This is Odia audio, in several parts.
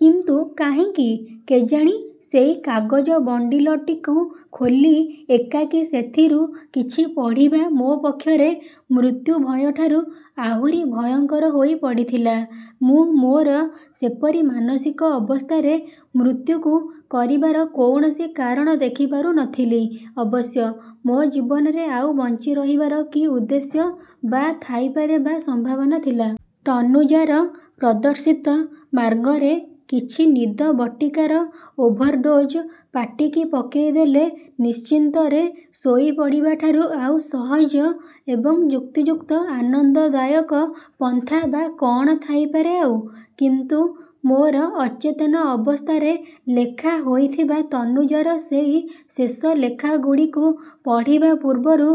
କିନ୍ତୁ କାହିଁକି କେଜାଣି ସେଇ କାଗଜ ବଣ୍ଡିଲଟିକୁ ଖୋଲି ଏକାକୀ ସେଥିରୁ କିଛି ପଢ଼ିବା ମୋ ପକ୍ଷରେ ମୃତ୍ୟୁ ଭୟଠାରୁ ଆହୁରି ଭୟଙ୍କର ହୋଇ ପଡ଼ିଥିଲା। ମୁଁ ମୋର ସେପରି ମାନସିକ ଅବସ୍ଥାରେ ମୃତ୍ୟୁକୁ କରିବାର କୌଣସି କାରଣ ଦେଖିପାରୁ ନ ଥିଲି ଅବଶ୍ୟ। ମୋ ଜୀବନରେ ଆଉ ବଞ୍ଚି ରହିବାର କି ଉଦ୍ଦେଶ୍ୟ ବା ଥାଇପାରେ ବା ସମ୍ଭାବନା ଥିଲା। ତନୁଜାର ପ୍ରଦର୍ଶିତ ମାର୍ଗରେ କିଛି ନିଦ ବଟିକାର ଓଭରଡୋଜ୍ ପାଟିକି ପକେଇଦେଲେ ନିଶ୍ଚିନ୍ତରେ ଶୋଇପଡ଼ିବାଠାରୁ ଆଉ ସହଜ ଏବଂ ଯୁକ୍ତିଯୁକ୍ତ ଆନନ୍ଦ ଦାୟକ ପନ୍ଥା ବା କ'ଣ ଥାଇପାରେ ଆଉ। କିନ୍ତୁ ମୋର ଅଚେତନ ଅବସ୍ଥାରେ ଲେଖା ହୋଇଥିବା ତନୁଜାର ସେଇ ଶେଷ ଲେଖା ଗୁଡ଼ିକୁ ପଢ଼ିବା ପୂର୍ବରୁ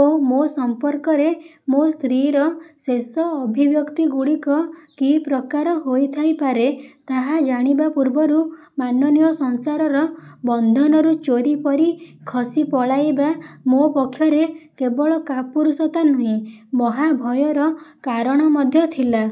ଓ ମୋ ସମ୍ପର୍କରେ ମୋ ସ୍ତ୍ରୀର ଶେଷ ଅଭିବ୍ୟକ୍ତି ଗୁଡ଼ିକ କି ପ୍ରକାର ହୋଇ ଥାଇପାରେ ତାହା ଜାଣିବା ପୂର୍ବରୁ ମାନନୀୟ ସଂସାରର ବନ୍ଧନରୁ ଚୋରି ପରି ଖସି ପଳାଇବା ମୋ ପକ୍ଷରେ କେବଳ କାପୁରୁଷତା ନୁହେଁ ମହାଭୟର କାରଣ ମଧ୍ୟ ଥିଲା।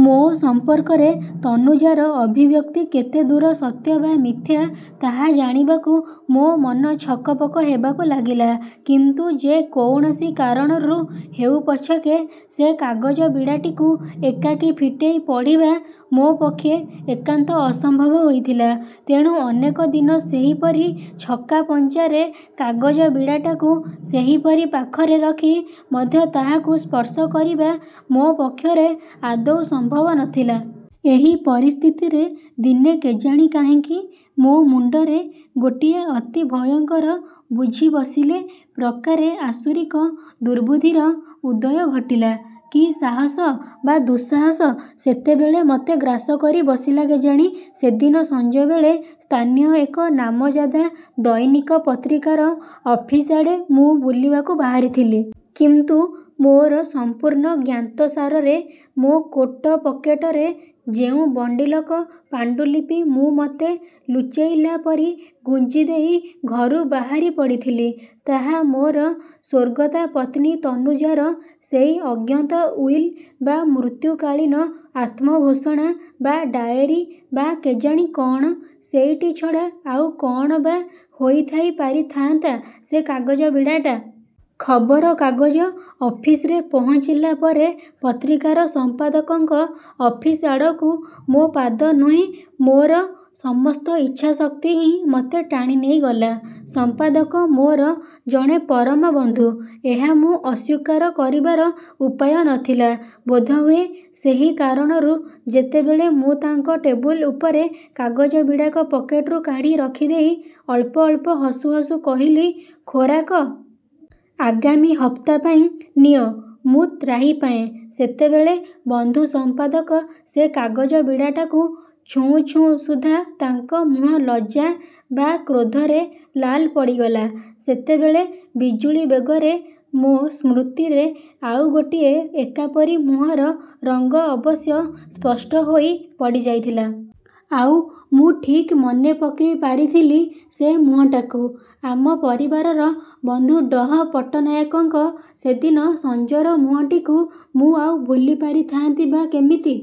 ମୋ ସମ୍ପର୍କରେ ତନୁଜାର ଅଭିବ୍ୟକ୍ତି କେତେଦୂର ସତ୍ୟ ବା ମିଥ୍ୟା ତାହା ଜାଣିବାକୁ ମୋ ମନ ଛକପକ ହେବାକୁ ଲାଗିଲା। କିନ୍ତୁ ଯେ କୌଣସି କାରଣରୁ ହେଉ ପଛକେ ସେ କାଗଜ ବିଡ଼ାଟିକୁ ଏକାକୀ ଫିଟେଇ ପଢ଼ିବା ମୋ ପକ୍ଷେ ଏକାନ୍ତ ଅସମ୍ଭବ ହୋଇଥିଲା। ତେଣୁ ଅନେକ ଦିନ ସେହିପରି ଛକା ପଞ୍ଚାରେ କାଗଜ ବିଡ଼ାଟାକୁ ସେହିପରି ପାଖରେ ରଖି ମଧ୍ୟ ତାହାକୁ ସ୍ପର୍ଶ କରିବା ମୋ ପକ୍ଷରେ ଆଦୌ ସମ୍ଭବ ନଥିଲା। ଏହି ପରିସ୍ଥିତିରେ ଦିନେ କେଜାଣି କାହିଁକି ମୋ ମୁଣ୍ଡରେ ଗୋଟିଏ ଅତି ଭୟଙ୍କର, ବୁଝିବସିଲେ ପ୍ରକାରେ ଆସୁରିକ ଦୁର୍ବୁଦ୍ଧିର ଉଦୟ ଘଟିଲା। କି ସାହସ ବା ଦୁଃସାହସ ସେତେବେଳେ ମତେ ଗ୍ରାସ କରି ବସିଲା କେଜାଣି। ସେଦିନ ସଞ୍ଜବେଳେ ସ୍ଥାନୀୟ ଏକ ନାମଜାଦା ଦୈନିକ ପତ୍ରିକାର ଅଫିସ ଆଡ଼େ ମୁଁ ବୁଲିବାକୁ ବାହାରିଥିଲି। କିନ୍ତୁ ମୋର ସମ୍ପୂର୍ଣ୍ଣ ଜ୍ଞାତସାରରେ ମୋ କୋଟ ପକେଟରେ ଯେଉଁ ବଣ୍ଡିଲକ ପାଣ୍ଡୁଲିପି ମୁଁ ମତେ ଲୁଚେଇଲା ପରି ଗୁଞ୍ଜିଦେଇ ଘରୁ ବାହାରି ପଡ଼ିଥିଲି, ତାହା ମୋର ସ୍ଵର୍ଗତା ପତ୍ନୀ ତନୁଜାର ସେଇ ଅଜ୍ଞତ ଉଇଲ୍ ବା ମୃତ୍ୟୁକାଳୀନ ଆତ୍ମଘୋଷଣା ବା ଡାଏରୀ ବା କେଜାଣି କ'ଣ-ସେଇଟି ଛଡ଼ା ଆଉ କ'ଣ ବା ହୋଇଥାଇ ପାରିଥାନ୍ତା ସେ କାଗଜ ବିଡ଼ାଟା। ଖବର କାଗଜ ଅଫିସରେ ପହଞ୍ଚିଲା ପରେ ପତ୍ରିକାର ସମ୍ପାଦକଙ୍କ ଅଫିସ ଆଡ଼କୁ ମୋ ପାଦ ନୁହେଁ ମୋର ସମସ୍ତ ଇଚ୍ଛା ଶକ୍ତି ହିଁ ମତେ ଟାଣି ନେଇଗଲା। ସମ୍ପାଦକ ମୋର ଜଣେ ପରମ ବନ୍ଧୁ-ଏହା ମୁଁ ଅସ୍ଵୀକାର କରିବାର ଉପାୟ ନ ଥିଲା। ବୋଧହୁଏ ସେହି କାରଣରୁ ଯେତେବେଳେ ମୁଁ ତାଙ୍କ ଟେବୁଲ ଉପରେ କାଗଜବିଡ଼ାକ ପକେଟରୁ କାଢ଼ି ରଖିଦେଇ ଅଳ୍ପ ଅଳ୍ପ ହସୁ ହସୁ କହିଲି-ଖୋରାକ! -ଆଗାମୀ ହପ୍ତା ପାଇଁ। ନିଅ। ମୁଁ ତ୍ରାହି ପାଏଁ। ସେତେବେଳେ ବନ୍ଧୁ ସମ୍ପାଦକ ସେ କାଗଜ ବିଡ଼ାଟାକୁ ଛୁଉଁ ଛୁଉଁ ସୁଦ୍ଧା ତାଙ୍କ ମୁହଁ ଲଜ୍ଜା ବା କ୍ରୋଧରେ ଲାଲ ପଡ଼ିଗଲା। ସେତେବେଳେ ବିଜୁଳି ବେଗରେ ମୋ ସ୍ମୃତିରେ ଆଉ ଗୋଟିଏ ଏକାପରି ମୁହଁର ରଙ୍ଗ ଅବଶ୍ୟ ସ୍ପଷ୍ଟ ହୋଇ ପଡ଼ି ଯାଇଥିଲା। ଆଉ, ମୁଁ ଠିକ୍ ମନେ ପକେଇ ପାରିଥିଲି ସେ ମୁହଁଟାକୁ। ଆମ ପରିବାରର ବନ୍ଧୁ ଡଃ ପଟ୍ଟନାୟକଙ୍କ ସେଦିନ ସଞ୍ଜର ମୁହଁଟିକୁ ମୁଁ ଆଉ ଭୁଲିପାରିଥାନ୍ତି ବା କେମିତି?